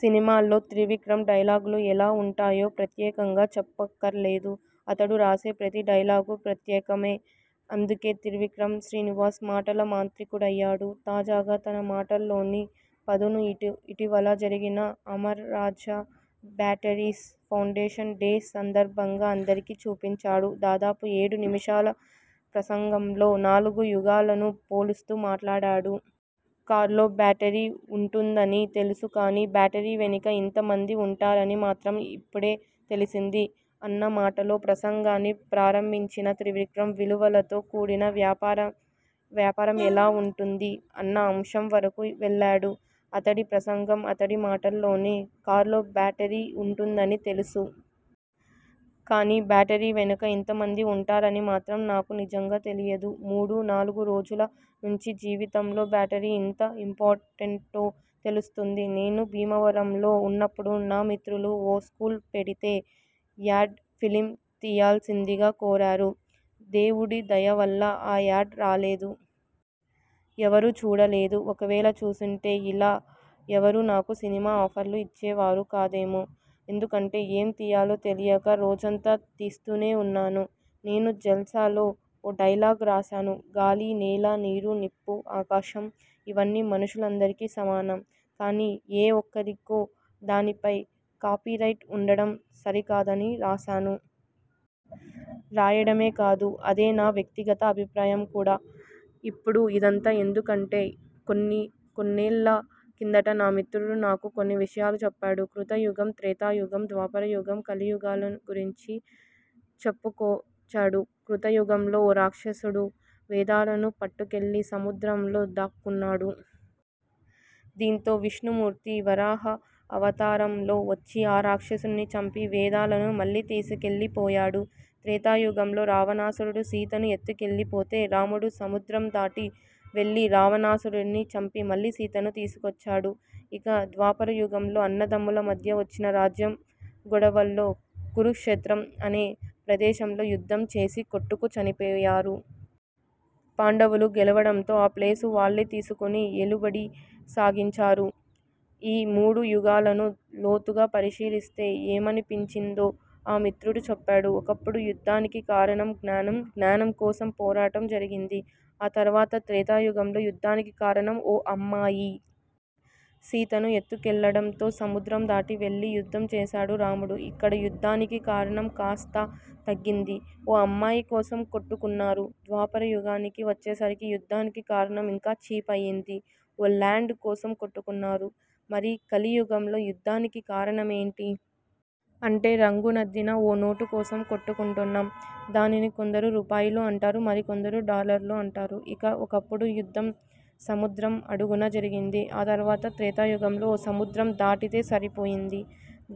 సినిమాల్లో త్రివిక్రమ్ డైలాగులు ఎలా ఉంటాయో ప్రత్యేకంగా చెప్పక్కర్లేదు. అతడు రాసే ప్రతి డైలాగూ ప్రత్యేకమే. అందుకే త్రివిక్రమ్ శ్రీనివాస్ మాటల మాంత్రికుడయ్యాడు. తాజాగా తన మాటల్లోని పదును ఇటీవల జరిగిన అమర్రాజా బ్యాటరీస్ ఫౌండేషన్ డే సందర్భంగా అందరికీ చూపించాడు. దాదాపు ఏడు నిముషాల ప్రసంగంలో నాలుగు యుగాలను పోలుస్తూ మాట్లాడాడు. 'కార్లో బ్యాటరీ ఉంటుందని తెలుసు కానీ, బ్యాటరీ వెనక ఇంత మంది ఉంటారని మాత్రం ఇప్పుడే తెలిసింది' అన్న మాటతో ప్రసంగాన్ని ప్రారంభించిన త్రివిక్రమ్.. విలువలతో కూడిన వ్యాపారం ఎలా ఉంటుంది? అన్న అంశం వరకు వెళ్లాడు. అతడి ప్రసంగం అతడి మాటల్లోనే. కార్లో బ్యాటరీ ఉంటుందని తెలుసు. కానీ, బ్యాటరీ వెనక ఇంతమంది ఉంటారని మాత్రం నాకు నిజంగా తెలియదు. మూడు, నాలుగు రోజుల నుంచి జీవితంలో బ్యాటరీ ఎంత ఇంపార్టెంటో తెలుస్తోంది. నేను భీమవరంలో ఉన్నప్పుడు నా మిత్రులు ఓ స్కూల్ పెడితే, యాడ్ ఫిల్మ్ తీయాల్సిందిగా కోరారు. దేవుడి దయ వల్ల ఆ యాడ్ రాలేదు. ఎవరూ చూడలేదు, ఒకవేళ చూసుంటే ఇలా ఎవరూ నాకు సినిమా ఆఫర్లు ఇచ్చే వారు కాదేమో. ఎందుకంటే, ఏం తీయాలో తెలియక రోజంతా తీస్తూనే ఉన్నాను. నేను జల్సాలో ఓ డైలాగ్ రాశాను. గాలి, నేల, నీరు, నిప్పు, ఆకాశం, ఇవన్నీ మనుషులందరికీ సమానం. కానీ, ఏ ఒక్కరికో దానిపై కాపీరైట్ ఉండడం సరికాదని రాశాను. రాయడమే కాదు, అదే నా వ్యక్తిగత అభిప్రాయం కూడా. ఇప్పుడు ఇదంతా ఎందుకంటే, కొన్నేళ కిందట నా మిత్రుడు నాకు కొన్ని విషయాలు చెప్పాడు. కృత యుగం, త్రేతా యుగం, ద్వాపర యుగం, కలియుగాల గురించి చెప్పుకొచ్చాడు. కృత యుగంలో ఓ రాక్షసుడు వేదాలను పట్టుకెళ్లి సముద్రంలో దాక్కున్నాడు. దీంతో విష్ణుమూర్తి వరాహ అవతారంలో వచ్చి, ఆ రాక్షసుడిని చంపి వేదాలను మళ్లీ తీసుకెళ్లి పోయాడు. త్రేతా యుగంలో రావణాసురుడు సీతను ఎత్తుకెళ్లి పోతే, రాముడు సముద్రం దాటి వెళ్లి రావణాసురుడిని చంపి మళ్లీ సీతను తీసుకొచ్చాడు. ఇక, ద్వాపర యుగంలో అన్నదమ్ముల మధ్య వచ్చిన రాజ్యం గొడవల్లో కురుక్షేత్రం అనే ప్రదేశంలో యుద్ధం చేసి కొట్టుకు చనిపోయారు. పాండవులు గెలవడంతో ఆ ప్లేస్ను వాళ్లే తీసుకుని ఏలుబడి సాగించారు. ఈ మూడు యుగాలను లోతుగా పరిశీలిస్తే ఏమనిపించిందో ఆ మిత్రుడు చెప్పాడు. ఒకప్పుడు యుద్ధానికి కారణం జ్ఞానం. జ్ఞానం కోసం పోరాటం జరిగింది. ఆ తర్వాత త్రేతా యుగంలో యుద్ధానికి కారణం ఓ అమ్మాయి. సీతను ఎత్తు కెళ్లడంతో సముద్రం దాటి వెళ్లి యుద్ధం చేశాడు రాముడు. ఇక్కడ యుద్ధానికి కారణం కాస్త తగ్గింది. ఓ అమ్మాయి కోసం కొట్టుకున్నారు. ద్వాపర యుగానికి వచ్చేసరికి యుద్ధానికి కారణం ఇంకా చీప్ అయింది. ఓ ల్యాండ్ కోసం కొట్టుకున్నారు. మరి కలి యుగంలో యుద్ధానికి కారణమేంటి? అంటే రంగునద్దిన ఓ నోటు కోసం కొట్టుకుంటున్నాం. దానిని కొందరు రూపాయలు అంటారు. మరికొందరు డాలర్లు అంటారు. ఇక, ఒకప్పుడు యుద్ధం సముద్రం అడుగున జరిగింది. ఆ తర్వాత త్రేతా యుగంలో ఓ సముద్రం దాటితే సరిపోయింది.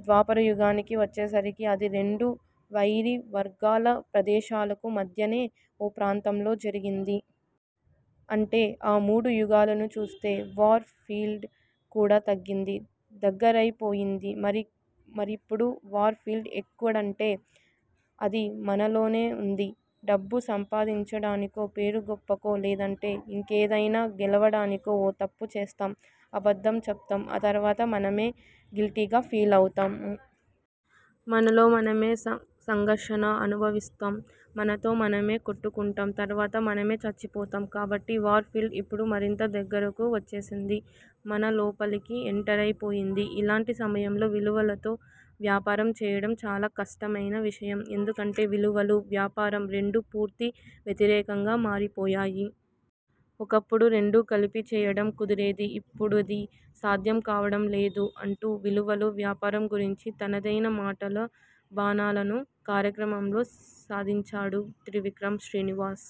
ద్వాపర యుగానికి వచ్చేసరికి, అది రెండు వైరి వర్గాల ప్రదేశాలకు మధ్యనే ఓ ప్రాంతంలో జరిగింది. అంటే, ఆ మూడు యుగాలను చూస్తే వార్ ఫీల్డ్ కూడా తగ్గింది. దగ్గరైపోయంది. మరిప్పుడు వార్ ఫీల్డ్ ఎక్కడంటే, అది మనలోనే ఉంది. డబ్బు సంపాదించడానికో, పేరు గొప్పకో, లేదంటే ఇంకేదైనా గెలవడానికో ఓ తప్పు చేస్తాం. అబద్ధం చెప్తాం. ఆ తర్వాత మనమే గిల్టీగా ఫీలవుతాం. మనలో మనమే సంఘర్షణ అనుభవిస్తాం. మనతో మనమే కొట్టుకుంటాం. తర్వాత మనమే చచ్చిపోతాం. కాబట్టి వార్ ఫీల్డ్ ఇప్పుడు మరింత దగ్గరకు వచ్చేసింది. మన లోపలికి ఎంటరై పోయింది. ఇలాంటి సమయంలో విలువలతో వ్యాపారం చేయడం చాలా కష్టమైన విషయం. ఎందుకంటే విలవలు, వ్యాపారం రెండూ పూర్తి వ్యతిరేకంగా మారిపోయాయి. ఒకప్పుడు రెండూ కలిపి చేయడం కుదిరేది. ఇప్పుడది సాధ్యం కావడం లేదు అంటూ విలువలు, వ్యాపారం గురించి తనదైన మాటల బాణాలను కార్యక్రమంలో సంధించాడు త్రివిక్రమ్ శ్రీనివాస్.